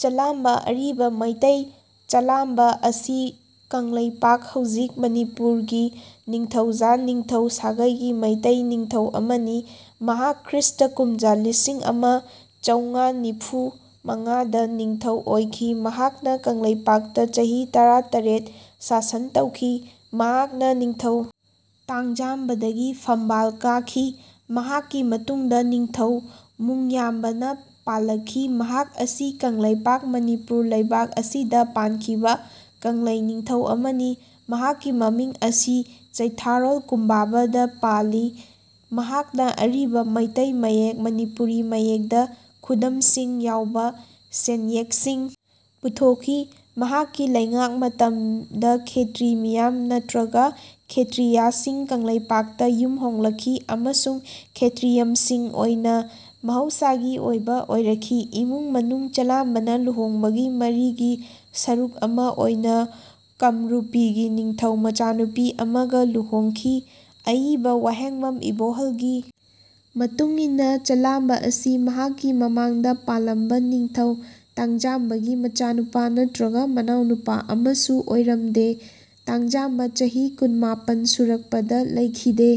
ꯆꯂꯥꯝꯕ ꯑꯔꯤꯕ ꯃꯩꯇꯩ ꯆꯂꯥꯝꯄꯥ ꯑꯁꯤ ꯀꯪꯂꯩꯄꯥꯛ ꯍꯧꯖꯤꯛ ꯃꯅꯤꯄꯨꯔꯒꯤ ꯅꯤꯡꯊꯧꯖꯥ ꯅꯤꯡꯊꯧ ꯁꯥꯒꯩꯒꯤ ꯃꯩꯇꯩ ꯅꯤꯡꯊꯧ ꯑꯃꯅꯤ꯫ ꯃꯍꯥꯛ ꯈ꯭ꯔꯤꯁꯇ ꯀꯨꯝꯖꯥ ꯂꯤꯁꯤꯡ ꯑꯃ ꯆꯧꯉꯥ ꯅꯤꯝꯐꯨ ꯃꯉꯥꯗ ꯅꯤꯡꯊꯧ ꯑꯣꯏꯈꯤ꯫ ꯃꯍꯥꯛꯅ ꯀꯪꯂꯩꯄꯥꯛꯇ ꯆꯍꯤ ꯇꯔꯥ ꯇꯔꯦꯠ ꯁꯥꯁꯟ ꯇꯧꯈꯤ꯫ ꯃꯍꯥꯛꯅ ꯅꯤꯡꯊꯧ ꯇꯥꯡꯖꯥꯝꯕꯗꯒꯤ ꯐꯝꯕꯥꯜ ꯀꯥꯈꯤ꯫ ꯃꯍꯥꯛꯀꯤ ꯃꯇꯨꯡꯗ ꯅꯤꯡꯊꯧ ꯃꯨꯡꯌꯥꯝꯕꯅ ꯄꯥꯜꯂꯛꯈꯤ꯫ ꯃꯍꯥꯛ ꯑꯁꯤ ꯀꯪꯂꯩꯄꯥꯛ ꯃꯅꯤꯄꯨꯔ ꯂꯩꯄꯥꯛ ꯑꯁꯤꯗ ꯄꯥꯟꯈꯤꯕ ꯀꯪꯂꯩ ꯅꯤꯡꯊꯧ ꯑꯃꯅꯤ꯫ ꯃꯍꯥꯛꯀꯤ ꯃꯃꯤꯡ ꯑꯁꯤ ꯆꯩꯊꯥꯔꯣꯜ ꯀꯨꯝꯕꯥꯕꯗ ꯄꯜꯂꯤ꯫ ꯃꯍꯥꯛꯅ ꯑꯔꯤꯕ ꯃꯩꯇꯩ ꯃꯌꯦꯛ ꯃꯅꯤꯄꯨꯔꯤ ꯃꯌꯦꯛꯗ ꯈꯨꯗꯝꯁꯤꯡ ꯌꯥꯎꯕ ꯁꯦꯟꯌꯦꯛꯁꯤꯡ ꯄꯨꯊꯣꯛꯈꯤ꯫ ꯃꯍꯥꯛꯀꯤ ꯂꯩꯉꯥꯛ ꯃꯇꯝꯗ ꯈꯦꯇ꯭ꯔꯤ ꯃꯤꯌꯥꯝ ꯅꯠꯇ꯭ꯔꯒ ꯈꯦꯇ꯭ꯔꯤꯌꯥꯁꯤꯡ ꯀꯪꯂꯩꯄꯥꯛꯇ ꯌꯨꯝ ꯍꯣꯡꯂꯛꯈꯤ ꯑꯃꯁꯨꯡ ꯈꯦꯇ꯭ꯔꯤꯌꯝꯁꯤꯡ ꯑꯣꯏꯅ ꯃꯍꯧꯁꯥꯒꯤ ꯑꯣꯏꯕ ꯑꯣꯏꯔꯛꯈꯤ꯫ ꯏꯃꯨꯡ ꯃꯅꯨꯡ ꯆꯂꯥꯝꯕꯅ ꯂꯨꯍꯣꯡꯕꯒꯤ ꯃꯔꯤꯒꯤ ꯁꯔꯨꯛ ꯑꯃ ꯑꯣꯏꯅ ꯀꯝꯔꯨꯄꯤꯒꯤ ꯅꯤꯡꯊꯧ ꯃꯆꯥꯅꯨꯄꯤ ꯑꯃꯒ ꯂꯨꯍꯣꯡꯈꯤ꯫ ꯑꯏꯕ ꯋꯥꯍꯦꯡꯕꯝ ꯏꯕꯣꯍꯜꯒꯤ ꯃꯇꯨꯡ ꯏꯟꯅ ꯆꯂꯥꯝꯕ ꯑꯁꯤ ꯃꯍꯥꯛꯀꯤ ꯃꯃꯥꯡꯗ ꯄꯥꯜꯂꯝꯕ ꯅꯤꯡꯊꯧ ꯇꯥꯡꯖꯥꯝꯕꯒꯤ ꯃꯆꯥꯅꯨꯄꯥ ꯅꯠꯇ꯭ꯔꯒ ꯃꯅꯥꯎꯅꯨꯄꯥ ꯑꯃꯁꯨ ꯑꯣꯏꯔꯝꯗꯦ꯫ ꯇꯥꯡꯖꯥꯝꯕꯥ ꯆꯍꯤ ꯀꯨꯟꯃꯥꯄꯟ ꯁꯨꯔꯛꯄꯗ ꯂꯩꯈꯤꯗꯦ꯫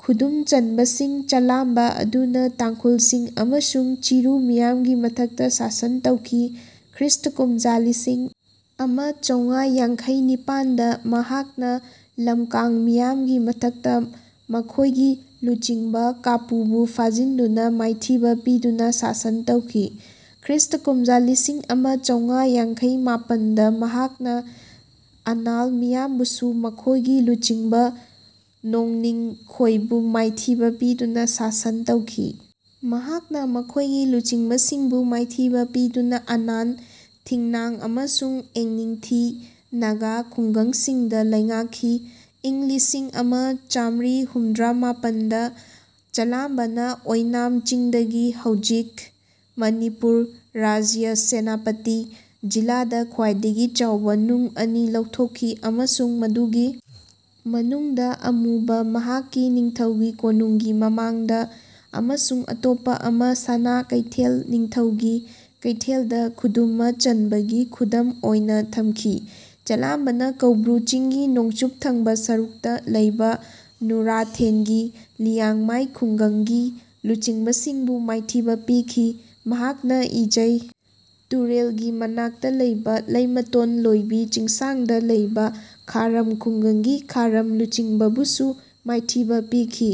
ꯈꯨꯗꯨꯝ ꯆꯟꯕꯁꯤꯡ ꯆꯂꯥꯝꯕ ꯑꯗꯨꯅ ꯇꯥꯡꯈꯨꯜꯁꯤꯡ ꯑꯃꯁꯨꯡ ꯆꯤꯔꯨ ꯃꯤꯌꯥꯝꯒꯤ ꯃꯊꯛꯇ ꯁꯥꯁꯟ ꯇꯧꯈꯤ꯫ ꯈ꯭ꯔꯤꯁꯇ ꯀꯨꯝꯖꯥ ꯂꯤꯁꯤꯡ ꯑꯃ ꯆꯧꯉꯥ ꯌꯥꯡꯈꯩ ꯅꯤꯄꯥꯟꯗ ꯃꯍꯥꯛꯅ ꯂꯝꯀꯥꯡ ꯃꯤꯌꯥꯝꯒꯤ ꯃꯊꯛꯇ ꯃꯈꯣꯏꯒꯤ ꯂꯨꯆꯤꯡꯕ ꯀꯥꯄꯨꯕꯨ ꯐꯥꯖꯤꯟꯗꯨꯅ ꯃꯥꯏꯊꯤꯕ ꯄꯤꯗꯨꯅ ꯁꯥꯁꯟ ꯇꯧꯈꯤ꯫ ꯈ꯭ꯔꯤꯁꯇ ꯀꯨꯝꯖꯥ ꯂꯤꯁꯤꯡ ꯑꯃ ꯆꯧꯉꯥ ꯌꯥꯡꯈꯩ ꯃꯥꯄꯟꯗ ꯃꯍꯥꯛꯅ ꯑꯅꯥꯜ ꯃꯤꯌꯥꯝꯕꯨꯁꯨ ꯃꯈꯣꯏꯒꯤ ꯂꯨꯆꯤꯡꯕ ꯅꯣꯡꯅꯤꯡꯈꯣꯏꯕꯨ ꯃꯥꯏꯊꯤꯕ ꯄꯤꯗꯨꯅ ꯁꯥꯁꯟ ꯇꯧꯈꯤ꯫ ꯃꯍꯥꯛꯅ ꯃꯈꯣꯏꯒꯤ ꯂꯨꯆꯤꯡꯕꯁꯤꯡꯕꯨ ꯃꯥꯏꯊꯤꯕ ꯄꯤꯗꯨꯅ ꯑꯅꯥꯟ ꯊꯤꯡꯅꯥꯡ ꯑꯃꯁꯨꯡ ꯑꯦꯡꯊꯤꯒꯤ ꯅꯥꯒꯥ ꯈꯨꯡꯒꯪꯁꯤꯡꯗ ꯂꯩꯉꯥꯛꯈꯤ꯫ ꯏꯪ ꯂꯤꯁꯤꯡ ꯑꯃ ꯆꯥꯃ꯭ꯔꯤ ꯍꯨꯝꯗ꯭ꯔꯥ ꯃꯥꯄꯟꯗ ꯆꯂꯥꯝꯕꯅ ꯑꯣꯏꯅꯥꯝ ꯆꯤꯡꯗꯒꯤ ꯍꯧꯖꯤꯛ ꯃꯅꯤꯄꯨꯔ ꯔꯥꯖ꯭ꯌꯒꯤ ꯁꯦꯅꯥꯄꯇꯤ ꯖꯤꯂꯥꯗ ꯈ꯭ꯋꯥꯏꯗꯒꯤ ꯆꯥꯎꯕ ꯅꯨꯡ ꯑꯅꯤ ꯂꯧꯊꯣꯛꯈꯤ ꯑꯃꯁꯨꯡ ꯃꯗꯨꯒꯤ ꯃꯅꯨꯡꯗ ꯑꯃꯕꯨ ꯃꯍꯥꯛꯀꯤ ꯅꯤꯡꯊꯧꯒꯤ ꯀꯣꯅꯨꯡꯒꯤ ꯃꯃꯥꯡꯗ ꯑꯃꯁꯨꯡ ꯑꯇꯣꯞꯄ ꯑꯃꯅ ꯁꯥꯅꯥ ꯀꯩꯊꯦꯜ ꯅꯤꯡꯊꯧꯒꯤ ꯀꯩꯊꯦꯜꯗ ꯈꯨꯗꯨꯃ ꯆꯟꯕꯒꯤ ꯈꯨꯗꯝ ꯑꯣꯏꯅ ꯊꯝꯈꯤ꯫ ꯆꯂꯥꯝꯕꯅ ꯀꯧꯕ꯭ꯔꯨ ꯆꯤꯡꯒꯤ ꯅꯣꯡꯆꯨꯞ ꯊꯪꯕ ꯁꯔꯨꯛꯇ ꯂꯩꯕ ꯅꯨꯔꯥꯊꯦꯟꯒꯤ ꯂꯤꯌꯥꯡꯃꯥꯏ ꯈꯨꯡꯒꯪꯒꯤ ꯂꯨꯆꯤꯡꯕꯁꯤꯡꯕꯨ ꯃꯥꯏꯊꯤꯕ ꯄꯤꯈꯤ꯫ ꯃꯍꯥꯛꯅ ꯏꯖꯩ ꯇꯨꯔꯦꯜꯒꯤ ꯃꯅꯥꯛꯇ ꯂꯩꯕ ꯂꯩꯃꯇꯣꯟ ꯂꯣꯏꯕꯤ ꯆꯤꯡꯁꯥꯡꯗ ꯂꯩꯕ ꯈꯥꯔꯝ ꯈꯨꯡꯒꯪꯒꯤ ꯈꯥꯔꯝ ꯂꯨꯆꯤꯡꯕꯕꯨꯁꯨ ꯃꯥꯏꯊꯤꯕ ꯄꯤꯈꯤ꯫